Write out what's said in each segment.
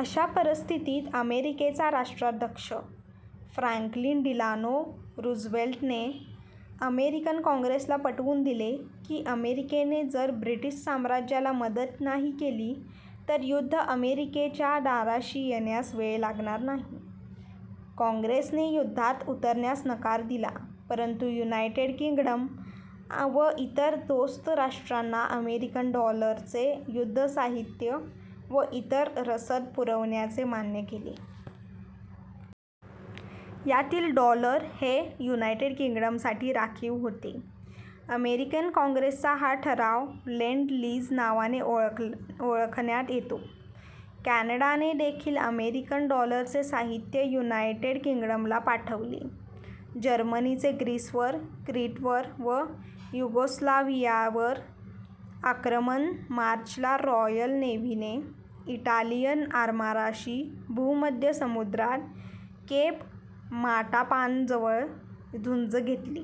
अशा परिस्थितीत अमेरिकेच्या राष्ट्राध्यक्ष फ्रॅंकलिन डिलानो रूझवेल्टने अमेरिकन काँग्रेसला पटवून दिले की अमेरिकेने जर ब्रिटिश साम्राज्याला मदत नाही केली तर युद्ध अमेरिकेच्या दाराशी येण्यास वेळ लागणार नाही. कॉॅंग्रेसने युद्धात उतरण्यास नकार दिला परंतु युनायटेड किंग्डम व इतर दोस्त राष्ट्रांना अमेरिकन डॉलरचे युद्धसाहित्य व इतर रसद पुरवण्याचे मान्य केले. यातील डॉलर हे युनायटेड किंग्डमसाठी राखीव होते. अमेरिकन कॉॅंग्रेसचा हा ठराव लेंड लीझ नावाने ओळखण्यात येतो. कॅनडाने देखिल अमेरिकन डॉलरचे साहित्य युनायटेड किंग्डमला पाठवले. जर्मनीचे ग्रीसवर, क्रीटवर व युगोस्लाव्हियावर आक्रमण मार्च ला रॉयल नेव्हीने इटालियन आरमाराशी भूमध्य समुद्रात केप माटापानजवळ झुंज घेतली.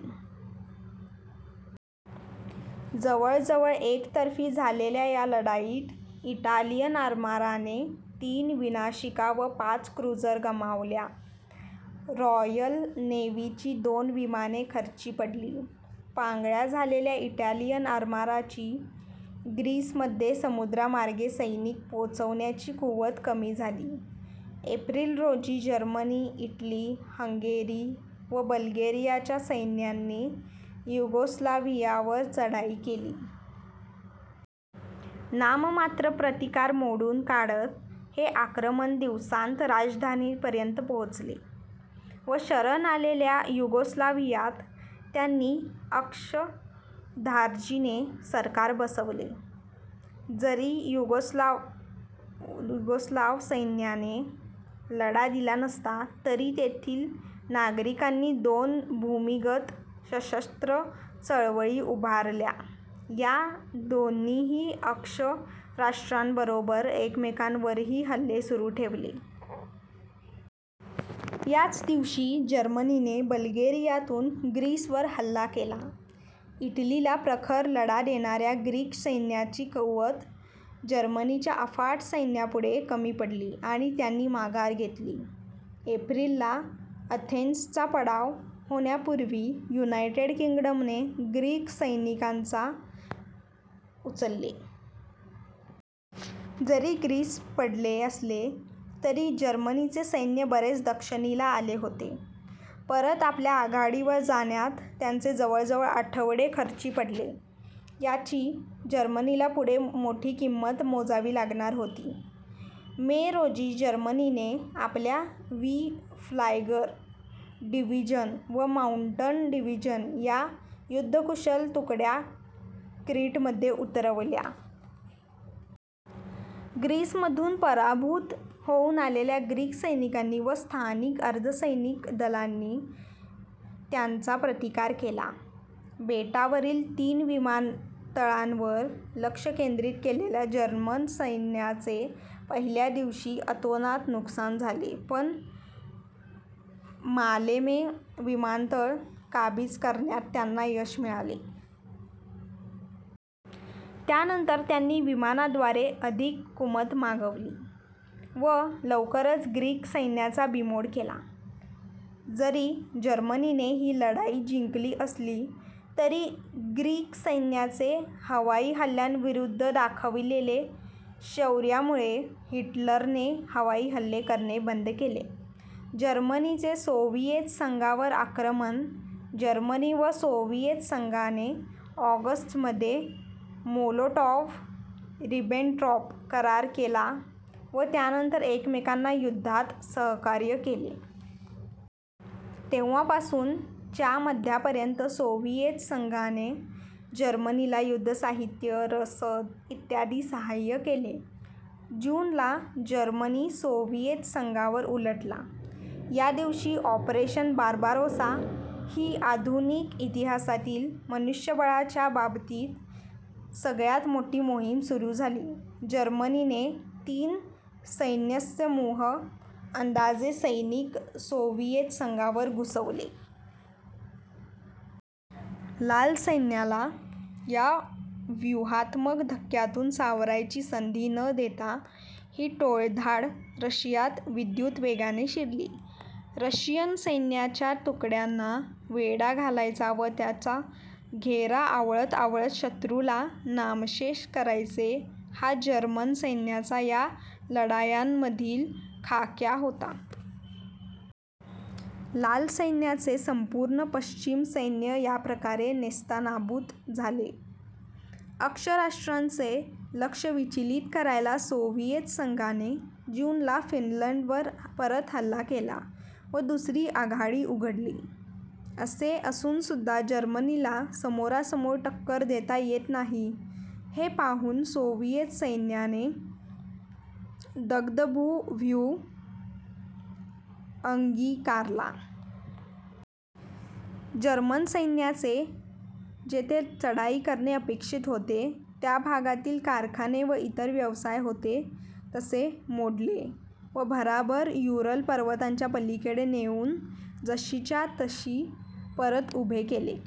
जवळजवळ एकतर्फी झालेल्या या लढाईत इटालियन आरमाराने तीन विनाशिका व पाच क्रुझर गमावल्या. रॉयल नेव्हीची दोन विमाने खर्ची पडली. पांगळ्या झालेल्या इटालियन आरमाराची ग्रीसमध्ये समुद्रमार्गे सैनिक पोचवण्याची कुवत कमी झाली. एप्रिल, रोजी जर्मनी, इटली, हंगेरी व बल्गेरियाच्या सैन्यांनी युगोस्लाव्हियावर चढाई केली. नाममात्र प्रतिकार मोडून काढत हे आक्रमक दिवसांत राजधानीपर्यंत पोचले व शरण आलेल्या युगोस्लाव्हियात त्यांनी अक्ष-धार्जिणे सरकार बसवले. जरी युगोस्लाव्ह सैन्याने लढा दिला नसला तरी तेथील नागरिकांनी दोन भूमिगत सशस्त्र चळवळी उभारल्या. या दोन्हींनी अक्ष राष्ट्रांबरोबर एकमेकांवरही हल्ले सुरू ठेवले. याच दिवशी जर्मनीने बल्गेरियातून ग्रीसवर हल्ला केला. इटलीला प्रखर लढा देणाऱ्या ग्रीक सैन्याची कुवत जर्मनीच्या अफाट सैन्यापुढे कमी पडली व त्यांनी माघार घेतली. एप्रिल ला अथेन्सचा पाडाव होण्यापूर्वी युनायटेड किंग्डमने ग्रीक सैनिकांना उचलले. जरी ग्रीस पडले असले तरी जर्मनीचे सैन्य बरेच दक्षिणेला आले होते. परत आपल्या आघाडीवर जाण्यात त्यांचे जवळजवळ आठवडे खर्ची पडले. याची जर्मनीला पुढे मोठी किंमत मोजावी लागणार होती. मे, रोजी जर्मनीने आपल्या वी फ्लायगर डिव्हिजन व माउंटन डिव्हिजन या युद्धकुशल तुकड्या क्रीटमध्ये उतरवल्या. ग्रीसमधून पराभूत होऊन आलेल्या ग्रीक सैनिकांनी व स्थानिक अर्धसैनिक दलांनी त्यांचा प्रतिकार केला. बेटावरील तीन विमानतळांवर लक्ष केंद्रित केलेल्या जर्मन सैन्याचे पहिल्या दिवशी अतोनात नुकसान झाले पण मालेमे विमानतळ काबीज करण्यात त्यांना यश मिळाले. त्यानंतर त्यांनी विमानाद्वारे अधिक कुमक मागवली व लवकरच ग्रीक सैन्याचा बीमोड केला. जरी जर्मनीने ही लढाई जिंकली असली तरी ग्रीक सैन्याने हवाईहल्ल्यांविरुद्ध दाखवलेल्या शौर्यामुळे हिटलरने हवाई हल्ले करणे बंद केले. जर्मनीचे सोव्हिएत संघावर आक्रमण जर्मनी व सोव्हिएत संघाने ऑगस्ट मध्ये मोलोटॉव्ह-रिबेनट्रॉप करार केला व त्यानंतर एकमेकांना युद्धात सहकार्य केले. तेव्हापासून च्या मध्यापर्यंत सोव्हिएत संघाने जर्मनीला युद्धसाहित्य, रसद, इ. साहाय्य केले. जून, ला जर्मनी सोव्हिएत संघावर उलटला. या दिवशी ऑपरेशन बार्बारोसा ही आधुनिक इतिहासातील मनुष्यबळाच्या बाबतीत सगळ्यात मोठी मोहीम सुरू झाली. जर्मनीने तीन सैन्यसमूह, अंदाजे सैनिक सोव्हिएत संघात घुसवले. लाल सैन्याला या व्यूहात्मक धक्क्यातून सावरायची संधी न देता ही टोळधाड रशियात विद्युतवेगाने शिरली. रशियन सैन्याच्या तुकड्यांना वेढा घालायचा व त्याचा घेरा आवळत आवळत शत्रूला नामशेष करायचे हा जर्मन सैन्याचा या लढायांमधील खाक्या होता. लाल सैन्याचे संपूर्ण पश्चिम सैन्य याप्रकारे नेस्तनाबूद झाले. अक्ष राष्ट्रांचे लक्ष विचलित करायला सोव्हिएत संघाने जून ला फिनलंडवर परत हल्ला केला व दुसरी आघाडी उघडली. असे असूनसुद्धा जर्मनीला समोरासमोर टक्कर देता येत नाही हे पाहून सोव्हिएत सैन्याने दग्धभू व्यूह अंगिकारला. जर्मन सैन्य जेथे चढाई करणे अपेक्षित होते त्या भागातील कारखाने व इतर व्यवसाय होते तसे मोडले व भराभर युरल पर्वतांच्या पलीकडे नेउन जशीच्या तशी परत उभे केले.